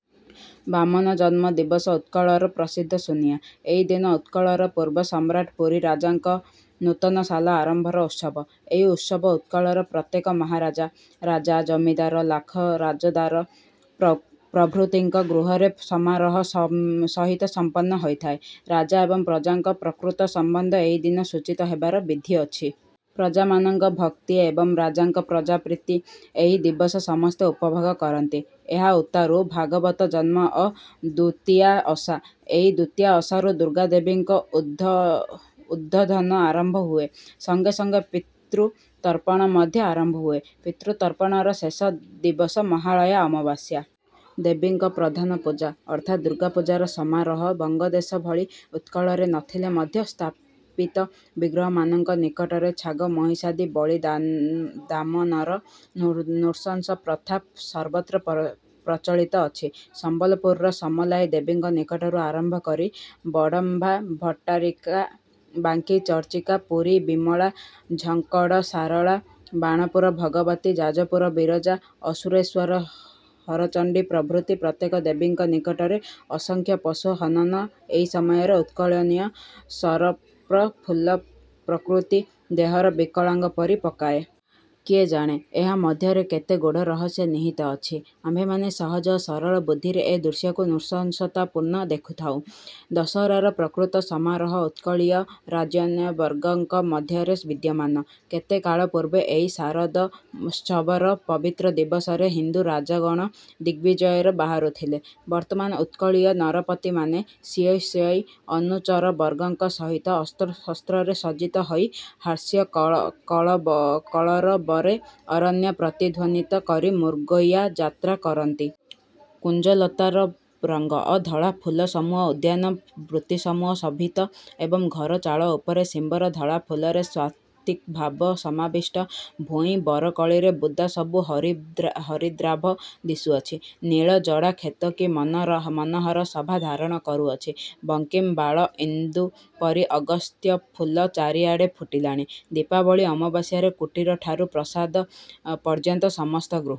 ବାମନଜନ୍ମ ଦିବସ ଉତ୍କଳର ପ୍ରସିଦ୍ଧ ସୁନିଆ । ଏହି ଦିନ ଉତ୍କଳର ପୂର୍ବ ସମ୍ରାଟ୍ ପୁରୀ ରାଜାଙ୍କ ନୂତନ ସାଲ ଆରମ୍ଭର ଉତ୍ସବ। ଏହି ଉତ୍ସବ ଉତ୍କଳର ପ୍ରତ୍ୟେକ ମହାରାଜା। ରାଜା, ଜମିଦାର, ଲାଖରାଜଦାର ପ୍ର ପ୍ରଭୃତିଙ୍କ ଗୃହରେ ସମାରୋହ ସହିତ ସ ସମ୍ପନ୍ନ ହୋଇଥାଏ। ରାଜା ଏବଂ ପ୍ରଜାଙ୍କ ପ୍ରକୃତ ସମ୍ୱନ୍ଧ ଏହି ଦିନ ସୂଚିତ ହେବାର ବିଧି ଅଛି। ପ୍ରଜାମାନଙ୍କ ଭକ୍ତି ଏବଂ ରାଜାଙ୍କ ପ୍ରଜା ପ୍ରୀତି ଏହି ଦିବସ ସମସ୍ତେ ଉପଭୋଗ କରନ୍ତି। ଏହା ଉତ୍ତାରୁ ଭାଗବତଜନ୍ମ ଓ ଦୁତିଆ ଓଷା। ଏହି ଦୁତିଆ ଓଷାରୁ ଦୁର୍ଗାଦେବୀଙ୍କ ଉଦ୍ବୋ ଉଦ୍ବୋଧନ ଆରମ୍ଭ ହୁଏ, ସଙ୍ଗେ ସଙ୍ଗେ ପିତୃତର୍ପଣ ମଧ୍ୟ ଆରମ୍ଭ ହୁଏ। ପିତୃତର୍ପଣର ଶେଷ ଦିବସ ମହାଳୟା ଅମାବାସ୍ୟା। ଦେବୀଙ୍କ ପ୍ରଧାନ ପୂଜା ଅର୍ଥାତ୍ ଦୁର୍ଗାପୂଜାର ସମାରୋହ ବଙ୍ଗଦେଶ ଭଳି ଉତ୍କଳରେ ନ ଥିଲେ ମଧ୍ୟ ସ୍ଥାପିତ ବିଗ୍ରହମାନଙ୍କ ନିକଟରେ ଛାଗ ମହିଷାଦି ବଳିଦା ବଳିଦାମନର ନୃଶଂସ ପ୍ରଥା ସର୍ବତ୍ର ପ୍ର ପ୍ରଚଳିତ ଅଛି। ସମ୍ବଲପୁରର ସମଲାଇ ଦେବୀଙ୍କ ନିକଟରୁ ଆରମ୍ଭ କରି, ବଡ଼ମ୍ୱା-ଭଟ୍ଟାରିକା, ବାଙ୍କି-ଚର୍ଚ୍ଚିକା, ପୁରୀ-ବିମଳା, ଝଙ୍କଡ଼ ଶାରଳା, ବାଣପୁର ଭଗବତୀ, ଯାଜପୁର ବିରଜା, ଅସୁରେଶ୍ୱର ହରଚଣ୍ଡୀ ପ୍ରଭୃତି ପ୍ରତ୍ୟେକ ଦେବୀଙ୍କ ନିକଟରେ ଅସଂଖ୍ୟ ପଶୁ ହନନ ଏହି ସମୟରେ ଉତ୍କଳୀୟନ ଶରତ୍ପ୍ର ଫୁଲ୍ଲ ପ୍ରକୃତି ଦେହକୁ ବିକଳାଙ୍ଗ କରି ପକାଏ। କିଏ ଜାଣେ, ଏହା ମଧ୍ୟରେ କେଉଁ ଗୃଢ଼ ରହସ୍ୟ ନିହିତ ଅଛି? ଆମ୍ଭେମାନେ ସହଜ ଓ ସରଳବୁଦ୍ଧିରେ ଏ ଦୃଶ୍ୟକୁ ନୃଶଂସତାପୂର୍ଣ୍ଣ ଦେଖିଥାଉଁ। ଦଶହରାର ପ୍ରକୃତ ସମାରୋହ ଉତ୍କଳୀୟ ରାଜନ୍ୟବର୍ଗଙ୍କ ମଧ୍ୟରେ ବିଦ୍ୟମାନ। କେତେକାଳ ପୂର୍ବେ ଏହି ଶାରଦୋତ୍ସବର ପବିତ୍ର ଦିବସରେ ହିନ୍ଦୁ ରାଜଗଣ ଦିଗ୍ବିଜୟରେ ବାହାରୁଥିଲେ, ବର୍ତ୍ତମାନ ଉତ୍କଳୀୟ ନରପତିମାନେ ସ୍ୱୀୟ ସ୍ୱୀୟ ଅନୁଚରବର୍ଗଙ୍କ ସହିତ ଅସ୍ତ୍ରଶସ୍ତ୍ରରେ ସଜ୍ଜିତ ହଇ ହାସ୍ୟକଳ କଳ କଳରବରେ ଅରଣ୍ୟ ପ୍ରତିଧ୍ୱନିତ କରି ମୃଗୟାଯାତ୍ରା କରନ୍ତି। କୁଞ୍ଜଲତାର ରଙ୍ଗ ଓ ଧଳା ଫୁଲସମୂହରେ ଉଦ୍ୟାନ ବୃତିସମୂହ ଶୋଭିତ ଏବଂ ଘର ଚାଳ ଉପରେ ଶିମ୍ୱର ଧଳାଫୁଲରେ ସାତ୍ତ୍ୱିକଭାବ ସମାବିଷ୍ଟ। ଭୂଇଁ ବରକୋଳିରେ ବୁଦା ସବୁ ହରିଦ୍ରାଭ ଦିଶୁଅଛି। ନୀଳ ଜଡ଼ା କ୍ଷେତ କି ମନୋହର ଶୋଭା ଧାରଣ କରିଅଛି! ବଙ୍କିମ ବାଳ ଇନ୍ଦୁ ପରି ଅଗସ୍ତ୍ୟ ଫୁଲ ଚାରି ଆଡ଼େ ଫୁଟିଲାଣି। ଦୀପାବଳୀ ଆମାବାସ୍ୟରେ କୁଟୀରଠାରୁ ପ୍ରାସାଦ ପର୍ଯ୍ୟନ୍ତ ସମସ୍ତ ଗୃହ